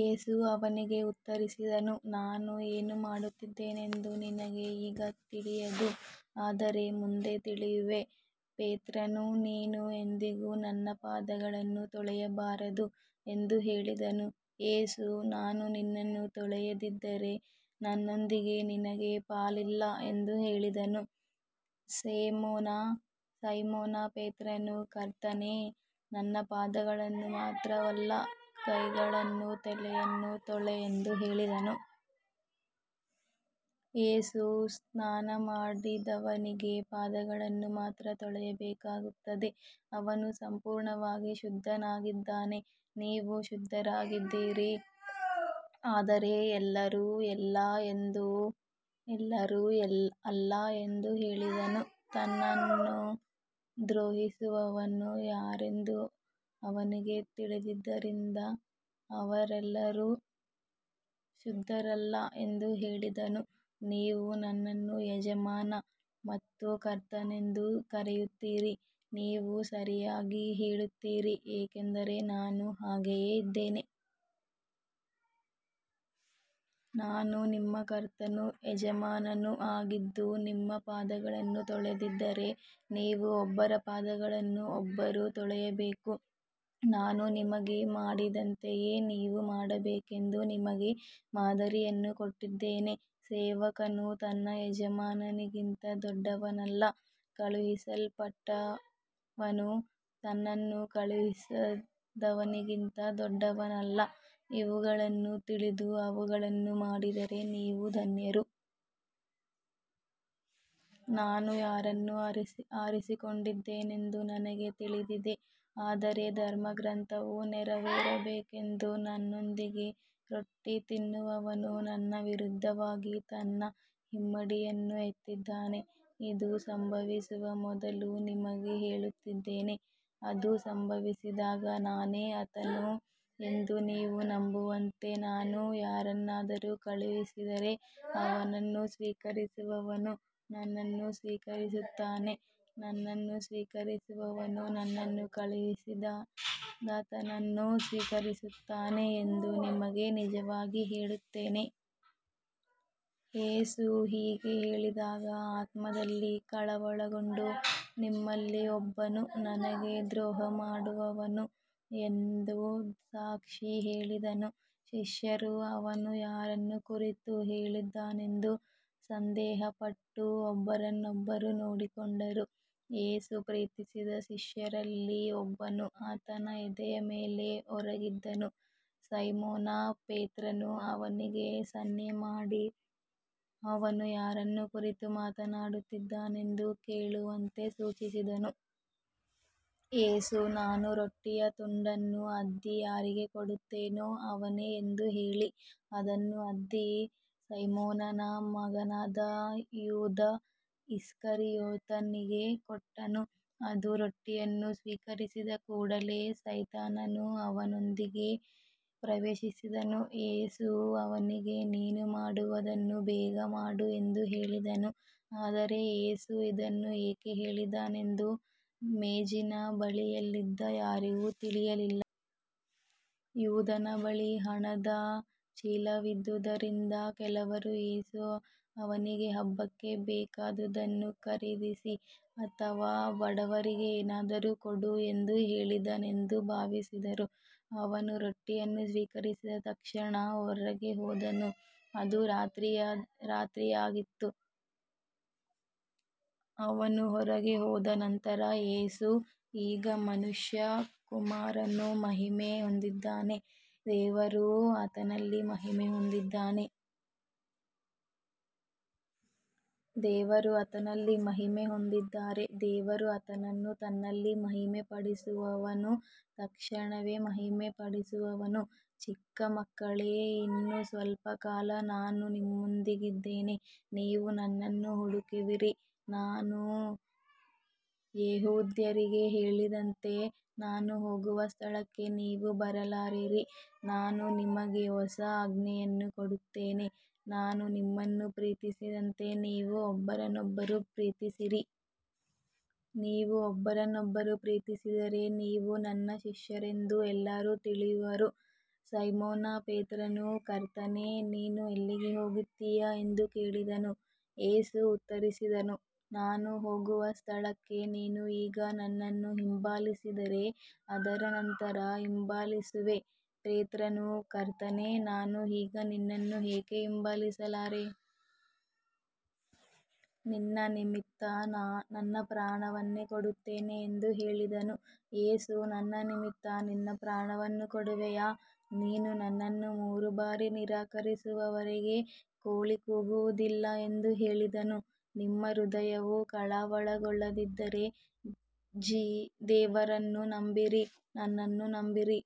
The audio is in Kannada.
ಯೇಸು ಅವನಿಗೆ ಉತ್ತರಿಸಿದನು, ನಾನು ಏನು ಮಾಡುತ್ತಿದ್ದೇನೆಂದು ನಿನಗೆ ಈಗ ತಿಳಿಯದು, ಆದರೆ ಮುಂದೆ ತಿಳಿಯುವೆ. ಪೇತ್ರನು, ನೀನು ಎಂದಿಗೂ ನನ್ನ ಪಾದಗಳನ್ನು ತೊಳೆಯಬಾರದು ಎಂದು ಹೇಳಿದನು. ಯೇಸು, ನಾನು ನಿನ್ನನ್ನು ತೊಳೆಯದಿದ್ದರೆ ನನ್ನೊಂದಿಗೆ ನಿನಗೆ ಪಾಲಿಲ್ಲ ಎಂದು ಹೇಳಿದನು. ಸೈಮೋನ ಪೇತ್ರನು, ಕರ್ತನೇ, ನನ್ನ ಪಾದಗಳನ್ನು ಮಾತ್ರವಲ್ಲ, ಕೈಗಳನ್ನೂ ತಲೆಯನ್ನೂ ತೊಳೆ ಎಂದು ಹೇಳಿದನು. ಯೇಸು, ಸ್ನಾನಮಾಡಿದವನಿಗೆ ಪಾದಗಳನ್ನು ಮಾತ್ರ ತೊಳೆಯಬೇಕಾಗುತ್ತದೆ, ಅವನು ಸಂಪೂರ್ಣವಾಗಿ ಶುದ್ಧನಾಗಿದ್ದಾನೆ. ನೀವು ಶುದ್ಧರಾಗಿದ್ದೀರಿ, ಆದರೆ ಎಲ್ಲರೂ ಅಲ್ಲ ಎಂದು ಹೇಳಿದನು. ತನ್ನನ್ನು ದ್ರೋಹಿಸುವವನು ಯಾರೆಂದು ಅವನಿಗೆ ತಿಳಿದಿದ್ದರಿಂದ ನೀವೆಲ್ಲರೂ ಶುದ್ಧರಲ್ಲ ಎಂದು ಹೇಳಿದನು. ನೀವು ನನ್ನನ್ನು ಯಜಮಾನ ಮತ್ತು ಕರ್ತನೆಂದು ಕರೆಯುತ್ತೀರಿ, ನೀವು ಸರಿಯಾಗಿ ಹೇಳುತ್ತೀರಿ, ಏಕೆಂದರೆ ನಾನು ಹಾಗೆಯೇ ಇದ್ದೇನೆ. ನಾನು ನಿಮ್ಮ ಕರ್ತನೂ ಯಜಮಾನನೂ ಆಗಿದ್ದು ನಿಮ್ಮ ಪಾದಗಳನ್ನು ತೊಳೆದಿದ್ದರೆ, ನೀವೂ ಒಬ್ಬರ ಪಾದಗಳನ್ನು ಒಬ್ಬರು ತೊಳೆಯಬೇಕು. ನಾನು ನಿಮಗೆ ಮಾಡಿದಂತೆಯೇ ನೀವು ಮಾಡಬೇಕೆಂದು ನಿಮಗೆ ಮಾದರಿಯನ್ನು ಕೊಟ್ಟಿದ್ದೇನೆ. ಸೇವಕನು ತನ್ನ ಯಜಮಾನನಿಗಿಂತ ದೊಡ್ಡವನಲ್ಲ, ಕಳುಹಿಸಲ್ಪಟ್ಟವನೂ ತನ್ನನ್ನು ಕಳುಹಿಸಿದವನಿಗಿಂತ ದೊಡ್ಡವನಲ್ಲ. ಇವುಗಳನ್ನು ತಿಳಿದು ಅವುಗಳನ್ನು ಮಾಡಿದರೆ ನೀವು ಧನ್ಯರು. ನಾನು ಯಾರನ್ನು ಆರಿಸಿಕೊಂಡಿದ್ದೇನೆಂದು ನನಗೆ ತಿಳಿದಿದೆ, ಆದರೆ ಧರ್ಮಗ್ರಂಥವು ನೆರವೇರಬೇಕೆಂದು ನನ್ನೊಂದಿಗೆ ರೊಟ್ಟಿ ತಿನ್ನುವವನು ನನ್ನ ವಿರುದ್ಧವಾಗಿ ತನ್ನ ಹಿಮ್ಮಡಿಯನ್ನು ಎತ್ತಿದ್ದಾನೆ. ಇದು ಸಂಭವಿಸುವ ಮೊದಲು ನಿಮಗೆ ಹೇಳುತ್ತಿದ್ದೇನೆ, ಅದು ಸಂಭವಿಸಿದಾಗ ನಾನೇ ಆತನು ಎಂದು ನೀವು ನಂಬುವಂತೆ. ನಾನು ಯಾರನ್ನಾದರೂ ಕಳುಹಿಸಿದರೆ ಅವನನ್ನು ಸ್ವೀಕರಿಸುವವನು ನನ್ನನ್ನು ಸ್ವೀಕರಿಸುತ್ತಾನೆ, ನನ್ನನ್ನು ಸ್ವೀಕರಿಸುವವನು ನನ್ನನ್ನು ಕಳುಹಿಸಿದಾತನನ್ನು ಸ್ವೀಕರಿಸುತ್ತಾನೆ ಎಂದು ನಿಮಗೆ ನಿಜವಾಗಿ ಹೇಳುತ್ತೇನೆ. ಯೇಸು ಹೀಗೆ ಹೇಳಿದಾಗ ಆತ್ಮದಲ್ಲಿ ಕಳವಳಗೊಂಡು, ನಿಮ್ಮಲ್ಲಿ ಒಬ್ಬನು ನನಗೆ ದ್ರೋಹಮಾಡುವನು ಎಂದು ಸಾಕ್ಷಿ ಹೇಳಿದನು. ಶಿಷ್ಯರು ಅವನು ಯಾರನ್ನು ಕುರಿತು ಹೇಳಿದನೆಂದು ಸಂದೇಹಪಟ್ಟು ಒಬ್ಬರನ್ನೊಬ್ಬರು ನೋಡಿಕೊಂಡರು. ಯೇಸು ಪ್ರೀತಿಸಿದ ಶಿಷ್ಯರಲ್ಲಿ ಒಬ್ಬನು ಆತನ ಎದೆಯ ಮೇಲೆ ಒರಗಿದ್ದನು. ಸೈಮೋನ ಪೇತ್ರನು ಅವನಿಗೆ ಸನ್ನೆ ಮಾಡಿ, ಅವನು ಯಾರನ್ನು ಕುರಿತು ಮಾತನಾಡುತ್ತಿದ್ದಾನೆಂದು ಕೇಳುವಂತೆ ಸೂಚಿಸಿದನು. ಯೇಸು, ನಾನು ರೊಟ್ಟಿಯ ತುಂಡನ್ನು ಅದ್ದಿ ಯಾರಿಗೆ ಕೊಡುತ್ತೇನೋ ಅವನೇ ಎಂದು ಹೇಳಿ, ಅದನ್ನು ಅದ್ದಿ ಸೈಮೋನನ ಮಗನಾದ ಯೂದ ಇಸ್ಕರಿಯೋತನಿಗೆ ಕೊಟ್ಟನು. ಅವನು ರೊಟ್ಟಿಯನ್ನು ಸ್ವೀಕರಿಸಿದ ಕೂಡಲೇ ಸೈತಾನನು ಅವನೊಳಗೆ ಪ್ರವೇಶಿಸಿದನು. ಯೇಸು ಅವನಿಗೆ, ನೀನು ಮಾಡುವುದನ್ನು ಬೇಗ ಮಾಡು ಎಂದು ಹೇಳಿದನು. ಆದರೆ ಯೇಸು ಇದನ್ನು ಏಕೆ ಹೇಳಿದನೆಂದು ಮೇಜಿನ ಬಳಿಯಲ್ಲಿದ್ದ ಯಾರಿಗೂ ತಿಳಿಯಲಿಲ್ಲ. ಯೂದನ ಬಳಿ ಹಣದ ಚೀಲವಿದ್ದುದರಿಂದ ಕೆಲವರು ಯೇಸು ಅವನಿಗೆ ಹಬ್ಬಕ್ಕೆ ಬೇಕಾದುದನ್ನು ಖರೀದಿಸು ಅಥವಾ ಬಡವರಿಗೆ ಏನಾದರೂ ಕೊಡು ಎಂದು ಹೇಳಿದನೆಂದು ಭಾವಿಸಿದರು. ಅವನು ರೊಟ್ಟಿಯನ್ನು ಸ್ವೀಕರಿಸಿದ ತಕ್ಷಣ ಹೊರಗೆ ಹೋದನು, ಅದು ರಾತ್ರಿಯಾಗಿತ್ತು. ಅವನು ಹೊರಗೆ ಹೋದ ನಂತರ ಯೇಸು, ಈಗ ಮನುಷ್ಯಕುಮಾರನು ಮಹಿಮೆ ಹೊಂದಿದ್ದಾನೆ, ದೇವರೂ ಆತನಲ್ಲಿ ಮಹಿಮೆ ಹೊಂದಿದ್ದಾನೆ. ದೇವರು ಆತನಲ್ಲಿ ಮಹಿಮೆ ಹೊಂದಿದ್ದರೆ ದೇವರೂ ಆತನನ್ನು ತನ್ನಲ್ಲಿ ಮಹಿಮೆಪಡಿಸುವನು, ತಕ್ಷಣವೇ ಮಹಿಮೆಪಡಿಸುವನು. ಚಿಕ್ಕ ಮಕ್ಕಳೇ, ಇನ್ನೂ ಸ್ವಲ್ಪ ಕಾಲ ನಾನು ನಿಮ್ಮೊಂದಿಗಿದ್ದೇನೆ. ನೀವು ನನ್ನನ್ನು ಹುಡುಕುವಿರಿ, ನಾನು ಯೆಹೂದ್ಯರಿಗೆ ಹೇಳಿದಂತೆ, ನಾನು ಹೋಗುವ ಸ್ಥಳಕ್ಕೆ ನೀವು ಬರಲಾರಿರಿ. ನಾನು ನಿಮಗೆ ಹೊಸ ಆಜ್ಞೆಯನ್ನು ಕೊಡುತ್ತೇನೆ, ನಾನು ನಿಮ್ಮನ್ನು ಪ್ರೀತಿಸಿದಂತೆ ನೀವೂ ಒಬ್ಬರನ್ನೊಬ್ಬರು ಪ್ರೀತಿಸಿರಿ. ನೀವು ಒಬ್ಬರನ್ನೊಬ್ಬರು ಪ್ರೀತಿಸಿದರೆ, ನೀವು ನನ್ನ ಶಿಷ್ಯರೆಂದು ಎಲ್ಲರೂ ತಿಳಿಯುವರು. ಸೈಮೋನ ಪೇತ್ರನು, ಕರ್ತನೇ, ನೀನು ಎಲ್ಲಿಗೆ ಹೋಗುತ್ತೀಯೆ ಎಂದು ಕೇಳಿದನು. ಯೇಸು ಉತ್ತರಿಸಿದನು, ನಾನು ಹೋಗುವ ಸ್ಥಳಕ್ಕೆ ನೀನು ಈಗ ನನ್ನನ್ನು ಹಿಂಬಾಲಿಸಲಾರೆ, ಆದರೆ ನಂತರ ಹಿಂಬಾಲಿಸುವೆ. ಪೇತ್ರನು, ಕರ್ತನೇ, ನಾನು ಈಗ ನಿನ್ನನ್ನು ಏಕೆ ಹಿಂಬಾಲಿಸಲಾರೆ? ನಿನ್ನ ನಿಮಿತ್ತ ನನ್ನ ಪ್ರಾಣವನ್ನೇ ಕೊಡುತ್ತೇನೆ ಎಂದು ಹೇಳಿದನು. ಯೇಸು, ನನ್ನ ನಿಮಿತ್ತ ನಿನ್ನ ಪ್ರಾಣವನ್ನು ಕೊಡುವೆಯಾ? ನೀನು ನನ್ನನ್ನು ಮೂರು ಬಾರಿ ನಿರಾಕರಿಸುವವರೆಗೆ ಕೋಳಿ ಕೂಗುವುದಿಲ್ಲ ಎಂದು ಹೇಳಿದನು. ನಿಮ್ಮ ಹೃದಯವು ಕಳವಳಗೊಳ್ಳದಿರಲಿ, ದೇವರನ್ನು ನಂಬಿರಿ, ನನ್ನನ್ನೂ ನಂಬಿರಿ.